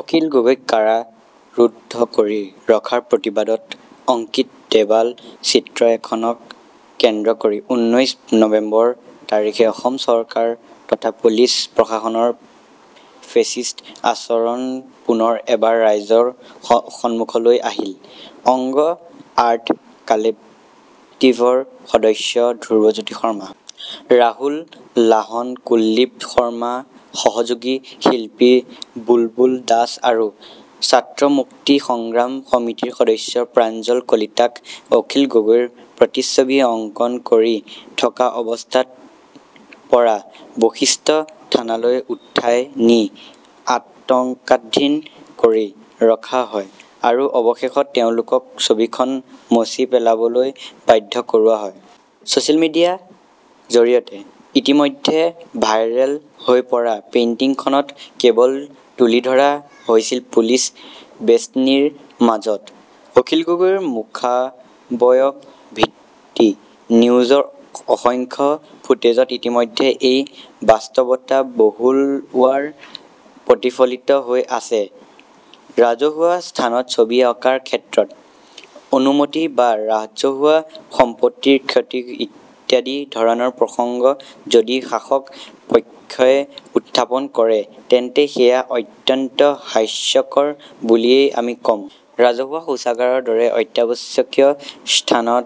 অখিল গগৈক কাৰাৰুদ্ধ কৰি ৰখাৰ প্ৰতিবাদত অংকিত দেৱাল চিত্ৰ এখনক কেন্দ্ৰ কৰি ঊনৈশ নৱেম্বৰ তাৰিখে অসম চৰকাৰ তথা পুলিচ প্ৰশাসনৰ ফেচিষ্ট আচৰণ পুনৰ এবাৰ ৰাইজৰ সমুখলৈ আহিল। অংগ আৰ্ট কালেক্টিভৰ সদস্য ধ্ৰুৱজিত শৰ্মা ৰাহুল লাহন কুলদীপ শৰ্মা সহযোগী শিল্পী বুলবুল দাস আৰু ছাত্ৰ মুক্তি সংগ্ৰাম সমিতিৰ সদস্য প্ৰাঞ্জল কলিতাক অখিল গগৈৰ প্ৰতিচ্ছবি অংকন কৰি থকা অৱস্থাৰ পৰা বশিষ্ঠ থানালৈ উঠাই নি আটকাধীন কৰি ৰখা হয় আৰু অৱশেষত তেওঁলোকক ছবিখন মচি পেলাবলৈ বাধ্য কৰোৱা হয়। চছিয়েল মিডিয়াৰ জৰিয়তে ইতিমধ্যে ভাইৰেল হৈ পৰা পেইন্টিংখনত কেৱল তুলি ধৰা হৈছিল পুলিচ বেষ্টনীৰ মাজত। অখিল গগৈৰ মুখাৱয়ব টিভি নিউজৰ অসংখ্য ফুটেজত ইতিমধ্যেই এই বাস্তৱতা বহুবাৰ প্ৰতিফলিত হৈ আছে। ৰাজহুৱা স্থানত ছবি অঁকাৰ ক্ষেত্ৰত অনুমতি বা ৰাজহুৱা সম্পত্তিৰ ক্ষতি ইত্যাদি ধৰণৰ প্ৰসংগ যদি শাসক পক্ষই উত্থাপন কৰে তেন্তে সেয়া অত্যন্ত হাস্যকৰ বুলিয়েই আমি কম। ৰাজহুৱা শৌচাগাৰৰ দৰে অত্যাৱশ্যকীয় স্থানৰ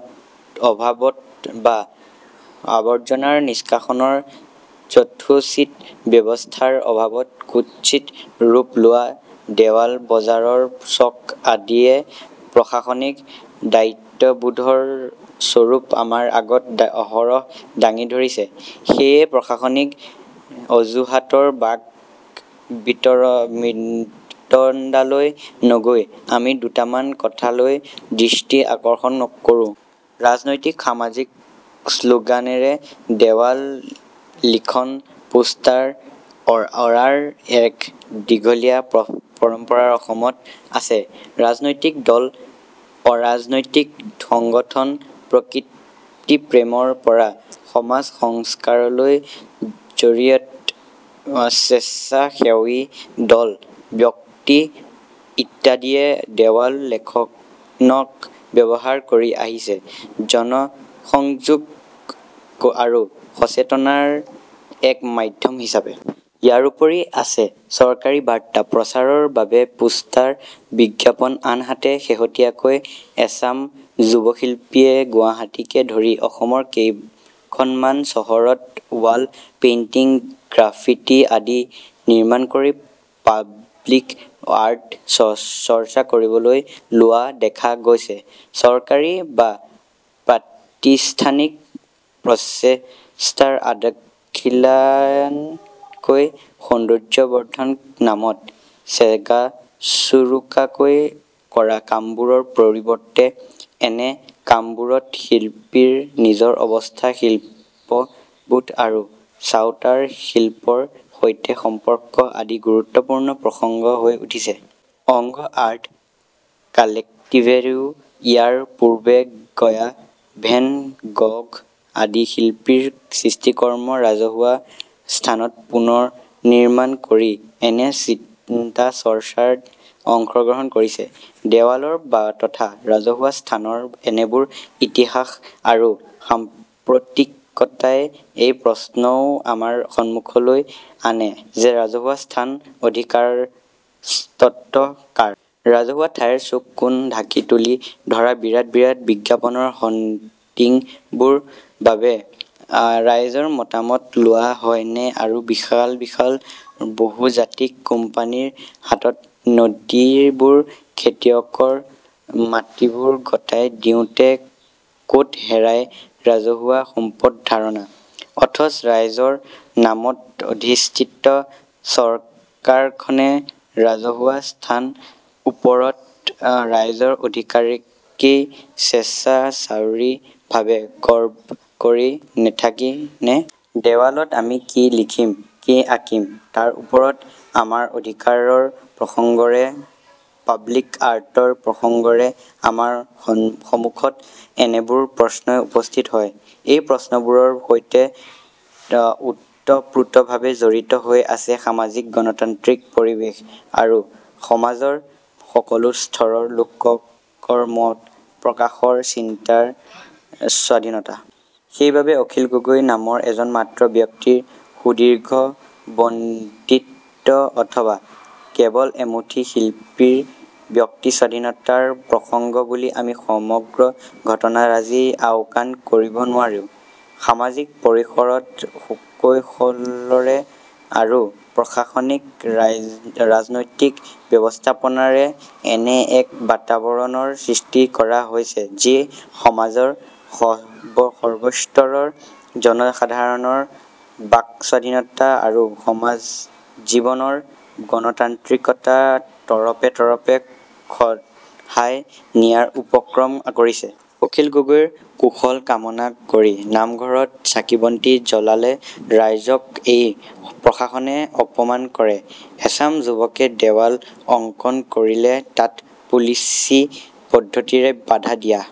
অভাৱত বা আৱৰ্জনা নিস্কাষণৰ যথোচিত ব্যৱস্থাৰ অভাৱত কুৎচিত ৰূপ লোৱা দেৱাল বজাৰৰ চক আদিয়ে প্ৰশাসনিক দায়িত্ববোধৰ স্বৰূপ আমাৰ আগত অহৰহ দাঙি ধৰিছে। সেয়ে প্ৰশাসনিক অজুহাতৰ বাক-বিতণ্ডালৈ নগৈ আমি দুটামান কথালৈ দৃষ্টি আকৰ্ষণ কৰোঁ। ৰাজনৈতিক সামাজিক শ্লোগানেৰে দেৱাল লিখন পোষ্টাৰ অঁৰাৰ এক দীঘলীয়া পৰম্পৰা অসমত আছে। ৰাজনৈতিক দল অৰাজনৈতিক সংগঠন প্ৰকৃতিপ্ৰেমৰ পৰা সমাজসংস্কাৰলৈকে জড়িত স্বেচ্ছাসেৱী দল, ব্যক্তি ইত্যাদিয়ে দেৱাল লেখনক ব্যৱহাৰ কৰি আহিছে জনসংযোগ আৰু সচেতনতাৰ এক মাধ্যম হিচাপে। ইয়াৰোপৰি আছে চৰকাৰী বাৰ্তা প্ৰচাৰৰ বাবে পোষ্টাৰ বিজ্ঞাপন আনহাতে শেহতীয়াকৈ এচাম যুৱ শিল্পীয়ে গুৱাহাটীকে ধৰি অসমৰ কেইখনমান চহৰত ৱাল পেইন্টিং গ্ৰাফিটি আদি নিৰ্মাণ কৰি পাব্লিক আৰ্ট চৰ্চা কৰিবলৈ লোৱা দেখা গৈছে। চৰকাৰী বা প্ৰাতিষ্ঠানিক প্ৰচেষ্টাত আদখনীয়াকৈ সৌন্দৰ্যবৰ্ধনৰ নামত চেগাচোৰোকাকৈ কৰা কামবোৰৰ পৰিৱৰ্তে এনে কামবোৰত শিল্পীৰ নিজৰ অৱস্থান শিল্পবোধ আৰু চাওঁতাৰ শিল্পৰ সৈতে সম্পৰ্ক আদি গুৰুত্বপূৰ্ণ প্ৰসংগ হৈ উঠিছে। অংগ আৰ্ট কালেক্টিভেও ইয়াৰ পূৰ্বে গয়া ভেন গঘ আদি শিল্পীৰ সৃষ্টিকৰ্ম ৰাজহুৱা স্থানত পুনৰ্নিৰ্মাণ কৰি এনে চিন্তাচৰ্চাত অংশগ্ৰহণ কৰিছে। দেৱালৰ তথা ৰাজহুৱা স্থানৰ এনেবোৰ ইতিহাস আৰু সাম্প্ৰতিকতাই এই প্ৰশ্নও আমাৰ সমুখলৈ আনে যে ৰাজহুৱা স্থান অধিকাৰস্বত্ব কাৰ? ৰাজহুৱা ঠাইৰ চুক কোণ ঢাকি তুলি ধৰা বিৰাট বিৰাট বিজ্ঞাপনৰ হৰ্ডিংবোৰৰ বাবে ৰাইজৰ মতামত লোৱা হয় নে আৰু বিশাল বিশাল বহুজাতিক কোম্পানীৰ হাতত নদীবোৰ খেতিয়কৰ মাটিবোৰ গতাই দিওঁতে কত হেৰায় ৰাজহুৱা সম্পদ ধাৰণা, অথচ ৰাইজৰ নামত অধিষ্ঠিত চৰকাৰখনে ৰাজহুৱা স্থান ওপৰত ৰাইজৰ অধিকাৰকেই স্বেচ্ছাচাৰীভাৱে খৰ্ব কৰি নেথাকে নে? দেৱালত আমি কি লিখিম কি আঁকিম তাৰ ওপৰত আমাৰ অধিকাৰৰ প্ৰসংগৰে পাব্লিক আৰ্টৰ প্ৰসংগৰে আমাৰ সমুখত এনেবোৰ প্ৰশ্নই উপস্থিত হয়। এই প্ৰশ্নবোৰৰ সৈতে ওতপ্ৰোত: ভাৱে জড়িত হৈ আছে সামাজিক গণতান্ত্ৰিক পৰিৱেশ আৰু সমাজৰ সকলো স্তৰৰ লোকৰ মত প্ৰকাশৰ চিন্তাৰ স্বাধীনতা। সেইবাবে অখিল গগৈ নামৰ এজন মাত্ৰ ব্যক্তিৰ সুদীৰ্ঘ বন্দিত্ব অথবা কেৱল এমুঠি শিল্পীৰ ব্যক্তি স্বাধীনতাৰ প্ৰসংগ বুলি আমি সমগ্ৰ ঘটনাৰাজি আওকাণ কৰিব নোৱাৰোঁ। সামাজিক পৰিসৰত সুকৌশলৰে আৰু প্ৰশাসনিক, ৰাজনৈতিক ব্যৱস্থাপনাৰে এনে এক বাতাৱৰণৰ সৃষ্টি কৰা হৈছে যি সমাজৰ সৰ্বস্তৰৰ জনসাধাৰণৰ বাকস্বাধীনতা আৰু সমাজজীৱনৰ গণতান্ত্ৰিকতা তৰপে তৰপে খহাই নিয়াৰ উপক্ৰম কৰিছে। অখিল গগৈৰ কুশল কামনা কৰি নামঘৰত চাকিবন্তি জ্বলালে ৰাইজক এই প্ৰশাসনে অপমান কৰে। এচাম যুৱকে দেৱাল অংকণ কৰিলে তাত পুলিচী পদ্ধতিৰে বাধা দিয়া।